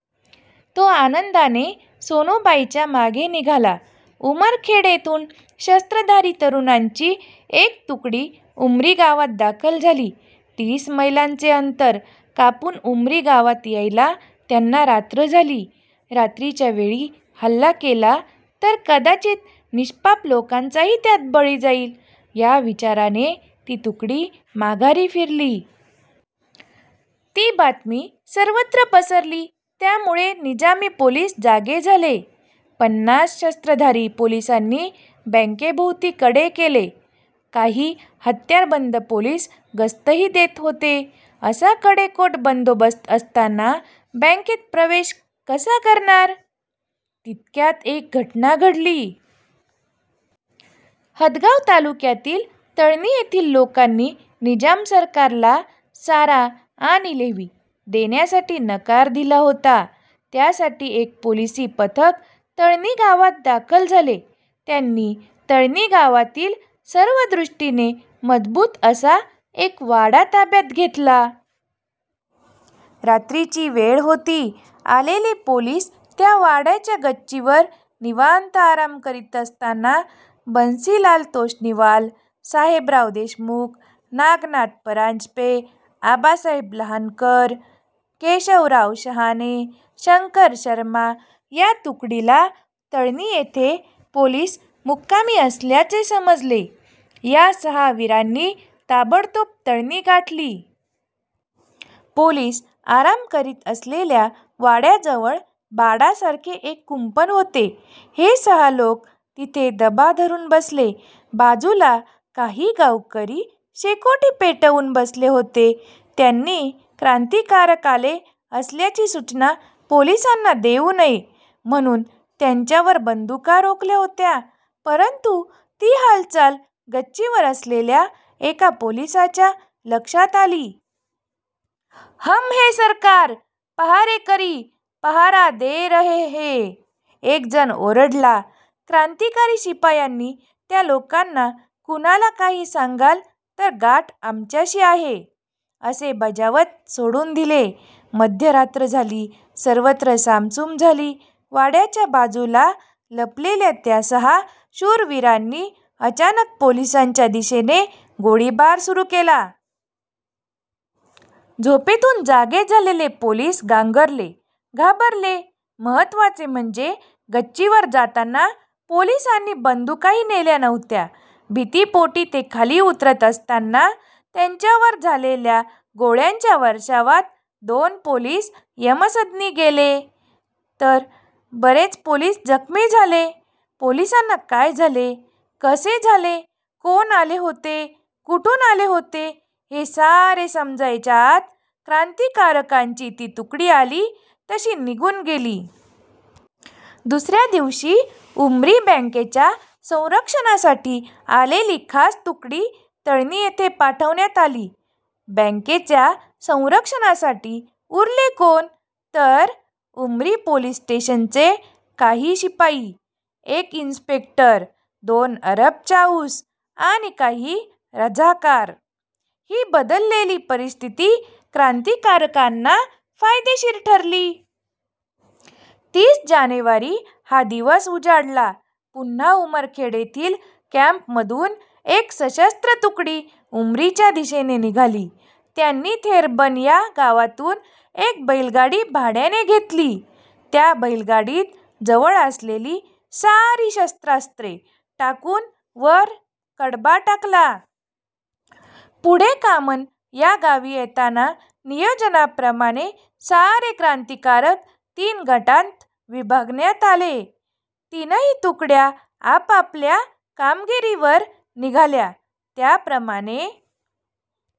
तो आनंदाने सोनूबाईच्या मागे निघाला. उमरखेड येथून शस्त्रधारी तरुणांची एक तुकडी उमरी गावात दाखल झाली. तीस मैलांचे अंतर कापून उमरी गावात यायला त्यांना रात्र झाली. रात्रीच्या वेळी हल्ला केला तर कदाचित निष्पाप लोकांचाही त्यात बळी जाईल, या विचाराने ती तुकडी माघारी फिरली. ती बातमी सर्वत्र पसरली. त्यामुळे निजामी पोलीस जागे झाले. पन्नास शस्त्रधारी पोलिसांनी बँकेभोवती कडे केले. काही हत्यारबंद पोलीस गस्तही देत होते. असा कडेकोट बंदोबस्त असताना बँकेत प्रवेश कसा करणार? तितक्यात एक घटना घडली. हदगाव तालुक्यातील तळणी येथील लोकांनी निजाम सरकारला सारा आणि लेव्ही देण्यासाठी नकार दिला होता. त्यासाठी एक पोलिसी पथक तळणी गावात दाखल झाले. त्यांनी तळणी गावातील सर्व दृष्टीने मजबूत असा एक वाडा ताब्यात घेतला. रात्रीची वेळ होती. आलेले पोलीस त्या वाड्याच्या गच्चीवर निवांत आराम करीत असताना बन्सीलाल तोष्णीवाल, साहेबराव देशमुख, नागनाथ परांजपे, आबासाहेब लहानकर, केशवराव शहाणे, शंकर शर्मा या तुकडीला तळणी येथे पोलीस मुक्कामी असल्याचे समजले. या सहा वीरांनी ताबडतोब तळणी गाठली. पोलीस आराम करीत असलेल्या वाड्याजवळ बाडासारखे एक कुंपण होते. हे सहा लोक तिथे दबा धरून बसले. बाजूला काही गावकरी शेकोटी पेटवून बसले होते. त्यांनी क्रांतिकारक आले असल्याची सूचना पोलिसांना देऊ नये म्हणून त्यांच्यावर बंदुका रोखल्या होत्या, परंतु ती हालचाल गच्चीवर असलेल्या एका पोलिसाच्या लक्षात आली. हम है सरकार, पहारेकरी! पहारा दे रहे है. एकजण ओरडला. क्रांतिकारी शिपायांनी त्या लोकांना कुणाला काही सांगाल तर गाठ आमच्याशी आहे, असे बजावत सोडून दिले. मध्यरात्र झाली. सर्वत्र सामसूम झाली. वाड्याच्या बाजूला लपलेल्या त्या सहा शूरवीरांनी अचानक पोलिसांच्या दिशेने गोळीबार सुरू केला. झोपेतून जागे झालेले पोलीस गांगरले, घाबरले. महत्त्वाचे म्हणजे गच्चीवर जाताना पोलिसांनी बंदुकाही नेल्या नव्हत्या. भीतीपोटी ते खाली उतरत असताना त्यांच्यावर झालेल्या गोळ्यांच्या वर्षावात दोन पोलीस यमसदनी गेले, तर बरेच पोलीस जखमी झाले. पोलिसांना काय झाले, कसे झाले, कोण आले होते, कुठून आले होते, हे सारे समजायच्या आत क्रांतिकारकांची ती तुकडी आली तशी निघून गेली. दुसऱ्या दिवशी उमरी बँकेच्या संरक्षणासाठी आलेली खास तुकडी तळणी येथे पाठवण्यात आली. बँकेच्या संरक्षणासाठी उरले कोण तर उमरी पोलीस स्टेशनचे काही शिपाई, एक इन्स्पेक्टर, दोन अरब चाऊस आणि काही रझाकार! ही बदललेली परिस्थिती क्रांतिकारकांना फायदेशीर ठरली. तीस जानेवारी हा दिवस उजाडला. पुन्हा उमरखेड येथील कॅम्पमधून एक सशस्त्र तुकडी उमरीच्या दिशेने निघाली. त्यांनी थेरबन या गावातून एक बैलगाडी भाड्याने घेतली. त्या बैलगाडीत जवळ असलेली सारी शस्त्रास्त्रे टाकून वर कडबा टाकला. पुढे कामन या गावी येताच नियोजनाप्रमाणे सारे क्रांतिकारक तीन गटांत विभागण्यात आले. तीनही तुकड्या आपापल्या कामगिरीवर निघाल्या. त्याप्रमाणे